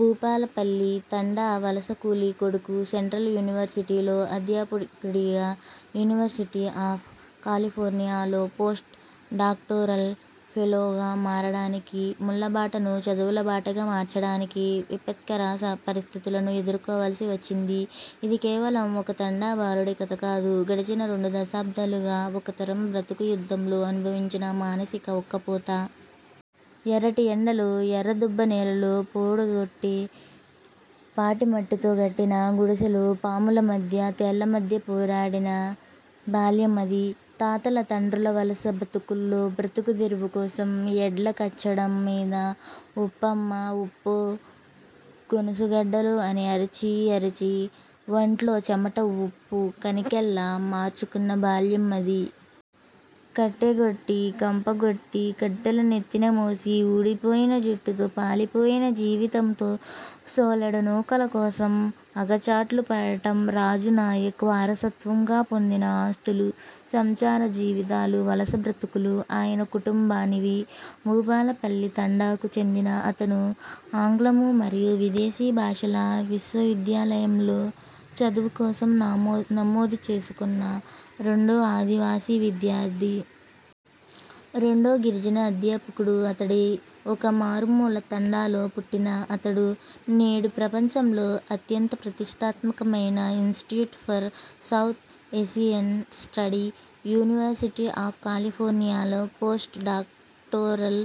భూపాలపల్లి తండా వలస కూలీ కొడుకు సెంట్రల్ యూనివర్సిటీలో అధ్యాపకుడిగా, యూనివర్సిటీ ఆఫ్ కాలిఫోర్నియాలో పోస్ట్ డాక్టోరల్ ఫెలోగా మారడానికి, ముళ్ళ బాటను చదువుల బాటగా మార్చడానికి విపత్కర పరిస్థితులను ఎదుర్కోవాల్సి వచ్చింది. ఇది కేవలం ఒక తండా బాలుడి కథ కాదు. గడిచిన రెండు దశాబ్దాలుగా ఒక తరం బ్రతుకు యుద్ధంలో అనుభవించిన మానసిక ఉక్కపోత. ఎర్రటి ఎండల్లో ఎర్రదుబ్బ నేలల్లో పోడుగొట్టి, పాటిమట్టితో గట్టిన గుడిసెలో పాముల మధ్య తేళ్ళ మధ్య పోరాడిన బాల్యం అది. తాతల తండ్రుల వలస బతుకుల్లో బ్రతుకు దెరువు కోసం ఎడ్ల కచ్చడం మీద ఉప్పమ్మా, ఉప్పో, గోనుసుగడ్డలో అని అరిచీ అరిచీ వంట్లో చమట ఉప్పు కనికెల్లా మార్చుకున్న బాల్యం అది. కట్టెగొట్టి, కంపగొట్టి, కట్టెలు నెత్తిన మోసి ఊడిపోయిన జుట్టుతో పాలి పోయిన జీవితంతో సోలెడు నూకల కోసం అగచాట్లు పడటం రాజూనాయక్ వారసత్వంగా పొందిన ఆస్తులు. సంచార జీవితాలు, వలస బ్రతుకులు ఆయన కుటుంబానివి. భూపాలపల్లి తండాకు చెందిన అతను ఆంగ్లమూ మరియు విదేశీ భాషల విశ్వవిద్యాలయం లో చదువు కోసం నమోదు చేసుకున్న రెండో ఆదివాసీ విద్యార్థి. రెండో గిరిజన అధ్యాపకుడూ అతడే. ఒక మారుమూల తండాలో పుట్టిన అతడు నేడు ప్రపంచంలో అత్యంత ప్రతిష్టాత్మకమైన institute for South Asian study, university of కాలిఫోర్నియాలో పోస్ట్ డాక్టోరల్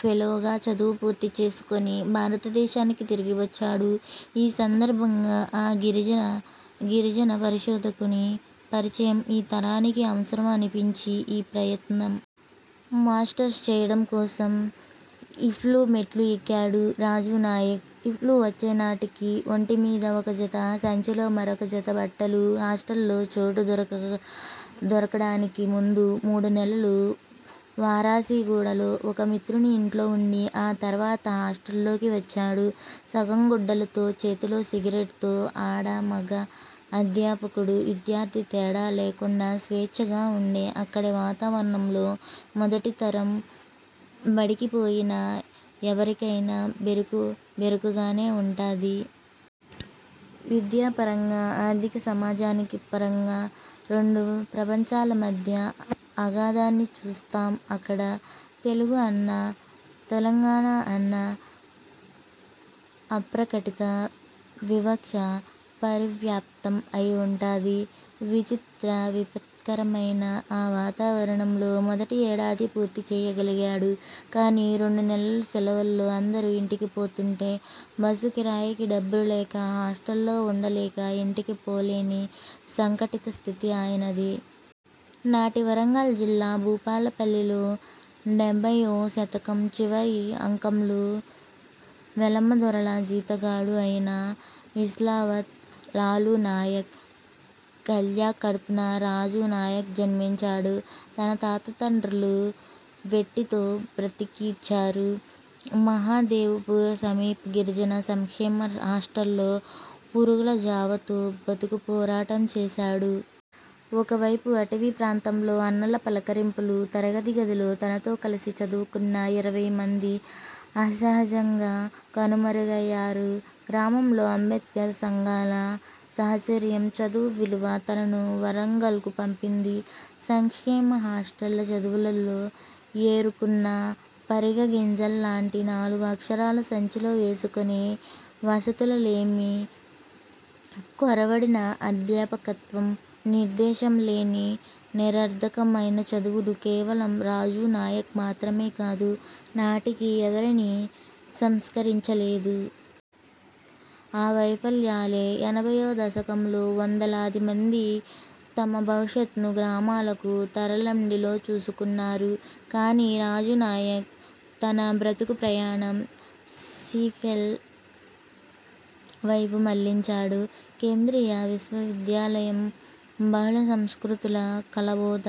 ఫెలోగా చదువు పూర్తి చేసుకొని భారతదేశానికి తిరిగి వచ్చాడు. ఈ సందర్భంగా ఆ గిరిజన పరిశోధకుని పరిచయం ఈ తరానికి అవసరం అనిపించి ఈ ప్రయత్నం. మాస్టర్స్ చేయడం కోసం ఇఫ్లూ మెట్లు ఎక్కాడు రాజూనాయక్. ఇఫ్లూ వచ్చేనాటికి ఒంటి మీద ఒక జత, సంచిలో మరొక జత బట్టలు. హాస్టల్లో చోటు దొరకడానికి ముందు మూడునెలలు వారాసిగూడలో ఒక మిత్రుని ఇంట్లో ఉండి ఆ తర్వాత హాస్టల్లోకి వచ్చాడు. సగం గుడ్డలతో, చేతిలో సిగరెట్తో ఆడా మగా, అధ్యాపకుడూ, విద్యార్థి తేడా లేకుండా స్వేచ్ఛగా ఉండే అక్కడి వాతావరణంలో మొదటి తరం బడికిపోయిన ఎవరికయిన బెరుకు బెరుకుగానే ఉంటాది. విద్యపరంగా, ఆర్థిక సామాజనికి పరంగా రెండు ప్రపంచాల మధ్య అగాథాన్ని చూస్తాం అక్కడ. తెలుగు అన్నా, తెలంగాణ అన్నా అప్రకటిత వివక్ష పరివ్యాప్తం అయి ఉంటాది. విచిత్ర విపత్కరమైన ఆ వాతావరణంలో మొదటి ఏడాది పూర్తి చేయగలిగాడు కానీ రెండు నెలల సెలవుల్లో అందరూ ఇంటికి పోతుంటే బస్సు కిరాయికి డబ్బులు లేక హాస్టల్లో ఉండలేక ఇంటికి పోలేని సంకటిత స్థితి ఆయనది. నాటి వరంగల్ జిల్లా భూపాలపల్లిలో డెబ్బయ్యో దశకం చివరి అంకంలో వెలమ దొరల జీతగాడు అయిన విస్లావత్ లాలూ నాయక్, కల్యా కడుపున రాజూ నాయక్ జన్మించాడు. తన తాత తండ్రులు వెట్టిలో బ్రతుకీడ్చారు. మహదేవపూర్ సమీప గిరిజన సంక్షేమ హాస్టల్లో పురుగుల జావతో బతుకు పోరాటం చేశాడు. ఒకవైపు అటవీ ప్రాంతంలో అన్నల పలకరింపులు. తరగతి గదిలో తనతో కలిసి చదువుకొన్న ఇరవై మంది అసహజంగా కనుమరుగయ్యారు. గ్రామంలో అంబేడ్కర్ సంఘాల సహచర్యం చదువు విలువ తనను వరంగల్కు పంపింది. సంక్షేమ హాస్టళ్ళ చదువులలో ఏరుకున్న పరిగ గింజల్లాంటి నాలుగు అక్షరాల సంచిలో వేసుకొని వసతుల లేమి, కొరవడిన అధ్యాపకత్వం, నిర్దేశం లేని నిరర్ధకం అయిన చదువులు కేవలం రాజూ నాయక్ మాత్రమే కాదు నాటికి ఎవరినీ సంస్కరించలేదు. ఆ వైఫల్యాలే ఎనభయ్యో దశకంలో వందలాది మంది తమ భవిష్యత్ను గ్రామాలకు తరలండిలో చూసుకున్నారు. కానీ రాజూ నాయక్ తన బ్రతుకు ప్రయాణం సీఫెల్ వైపు మళ్ళించాడు. కేంద్రీయ విశ్వవిద్యాలయం బహుళ సంస్కృతుల కలబోత.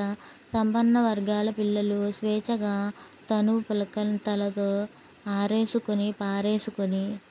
సంపన్న వర్గాల పిల్లలు స్వేచ్ఛగా తనువు పులకింతలతో అరేసుకొని పారేసుకొని,